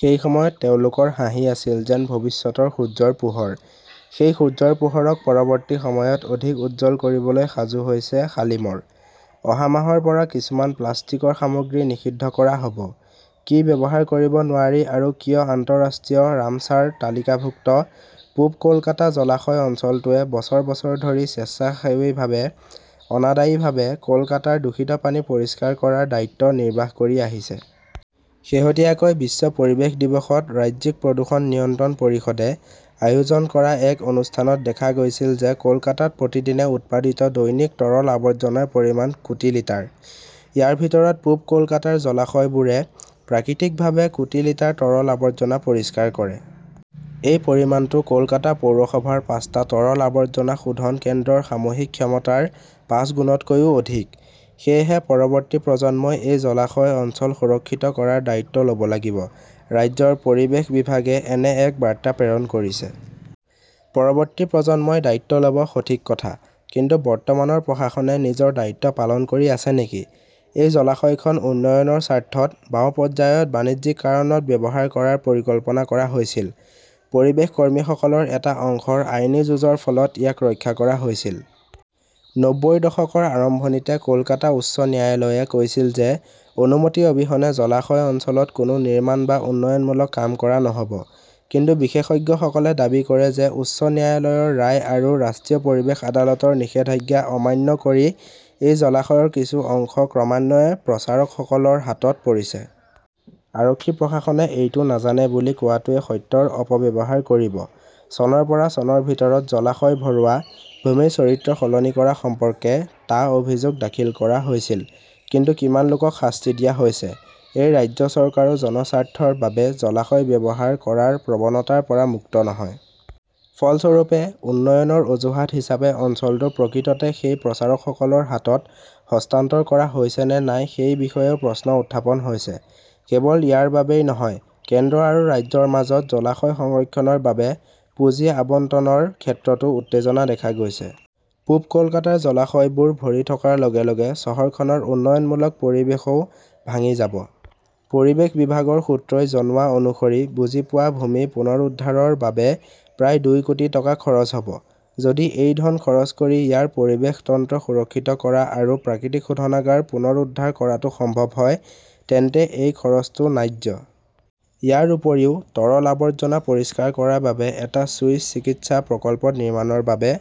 সেই সময়ত তেওঁলোকৰ হাঁহি আছিল যেন ভৱিষ্যতৰ সূৰ্যৰ পোহৰ। সেই সূৰ্যৰ পোহৰক পৰৱৰ্তী সময়ত অধিক উজ্জ্বল কৰিবলৈ সাজু হৈছে শালিমৰ। অহা মাহৰ পৰা কিছুমান প্লাষ্টিকৰ সামগ্ৰী নিষিদ্ধ কৰা হ "ব! কি ব্যৱহাৰ কৰিব নোৱাৰি আৰু কিয় আন্তঃৰাষ্ট্ৰীয় 'ৰামছাৰ তালিকাভুক্ত "পূব কলকাতা জলাশয় অঞ্চলটোৱে বছৰ বছৰ ধৰি স্বেচ্ছাসেৱীভাৱে অনাদায়ীভাৱে কলকাতাৰ দূষিত পানী পৰিষ্কাৰ কৰাৰ দায়িত্ব নিৰ্বাহ কৰি আহিছে। শেহতীয়াকৈ বিশ্ব পৰিৱেশ দিৱসত ৰাজ্যিক প্ৰদূষণ নিয়ন্ত্ৰণ পৰিষদে আয়োজন কৰা এক অনুষ্ঠানত দেখা গৈছিল যে কলকাতাত প্ৰতিদিনে উৎপাদিত দৈনিক তৰল আৱৰ্জনাৰ পৰিমাণ কোটি লিটাৰ। ইয়াৰ ভিতৰত পূব কলকাতাৰ জলাশয়বোৰে প্ৰাকৃতিকভাৱে কোটি লিটাৰ তৰল আৱৰ্জনা পৰিষ্কাৰ কৰে। এই পৰিমাণটো কলকাতা পৌৰসভাৰ পাঁচটা তৰল আৱৰ্জনা শোধন কেন্দ্ৰৰ সামূহিক ক্ষমতাৰ পাঁচগুণতকৈও অধিক। সেয়েহে, পৰৱৰ্তী প্ৰজন্মই এই জলাশয় অঞ্চল সুৰক্ষিত কৰাৰ দায়িত্ব ল "ব লাগিব, ৰাজ্যৰ পৰিৱেশ বিভাগে এনে এক বাৰ্তা প্ৰেৰণ কৰিছে। পৰৱৰ্তী প্ৰজন্মই দায়িত্ব ল "ব, সঠিক কথা। কিন্তু, বৰ্তমানৰ প্ৰশাসনে নিজৰ দায়িত্ব পালন কৰি আছে নেকি? এই জলাশয়খন 'উন্নয়নৰ স্বাৰ্থত "বাওঁ পৰ্যায়ত বাণিজ্যিক কাৰণত ব্যৱহাৰ কৰাৰ পৰিকল্পনা কৰা হৈছিল। পৰিৱেশ কৰ্মীসকলৰ এটা অংশৰ আইনী যুঁজৰ ফলত ইয়াক ৰক্ষা কৰা হৈছিল। নব্বৈৰ দশকৰ আৰম্ভণিতে কলকাতা উচ্চ ন্যায়ালয়ে কৈছিল যে অনুমতি অবিহনে জলাশয় অঞ্চলত কোনো নিৰ্মাণ বা উন্নয়নমূলক কাম কৰা নহ 'ব। কিন্তু বিশেষজ্ঞসকলে দাবী কৰে যে উচ্চ ন্যায়ালয়ৰ ৰায় আৰু ৰাষ্ট্ৰীয় পৰিৱেশ আদালতৰ নিষেধাজ্ঞা অমান্য কৰি এই জলাশয়ৰ কিছু অংশ ক্ৰমান্বয়ে প্ৰচাৰকসকলৰ হাতত পৰিছে। আৰক্ষী-প্ৰশাসনে এইটো নাজানে বুলি কোৱাটোৱে সত্যৰ অপব্যৱহাৰ কৰিব। চনৰ পৰা চনৰ ভিতৰত জলাশয় ভৰোৱা, ভূমিৰ চৰিত্ৰ সলনি কৰা সম্পৰ্কে টা অভিযোগ দাখিল কৰা হৈছিল। কিন্তু কিমান লোকক শাস্তি দিয়া হৈছে? এই ৰাজ্য চৰকাৰো 'জনস্বাৰ্থৰ বাবে জলাশয় ব্যৱহাৰ "কৰাৰ প্ৰৱণতাৰ পৰা মুক্ত নহয়। ফলস্বৰূপে, উন্নয়নৰ অজুহাত হিচাপে অঞ্চলটো প্ৰকৃততে সেই প্ৰচাৰকসকলৰ হাতত হস্তান্তৰ কৰা হৈছে নে নাই সেই বিষয়েও প্ৰশ্ন উত্থাপন হৈছে। কেৱল ইয়াৰ বাবেই নহয়, কেন্দ্ৰ আৰু ৰাজ্যৰ মাজত জলাশয় সংৰক্ষণৰ বাবে পুঁজি আবণ্টনৰ ক্ষেত্ৰতো উত্তেজনা দেখা গৈছে। পূব কলকাতাৰ জলাশয়বোৰ ভৰি থকাৰ লগে লগে চহৰখনৰ উন্নয়নমূলক পৰিৱেশও ভাঙি যাব। পৰিৱেশ বিভাগৰ সূত্ৰই জনোৱা অনুসৰি বুজি পোৱা ভূমি পুনৰুদ্ধাৰৰ বাবে প্ৰায় দুই কোটি টকা খৰচ হ "ব। যদি এই ধন খৰচ কৰি ইয়াৰ পৰিৱেশ তন্ত্ৰ সুৰক্ষিত কৰা আৰু প্ৰাকৃতিক শোধনাগাৰ পুনৰুদ্ধাৰ কৰাটো সম্ভৱ হয়, তেন্তে এই খৰচটো ন্যায্য। ইয়াৰ উপৰিও, তৰল আৱৰ্জনা পৰিষ্কাৰ কৰাৰ বাবে এটা চুইচ চিকিৎসা প্ৰকল্প নিৰ্মাণৰ বাবে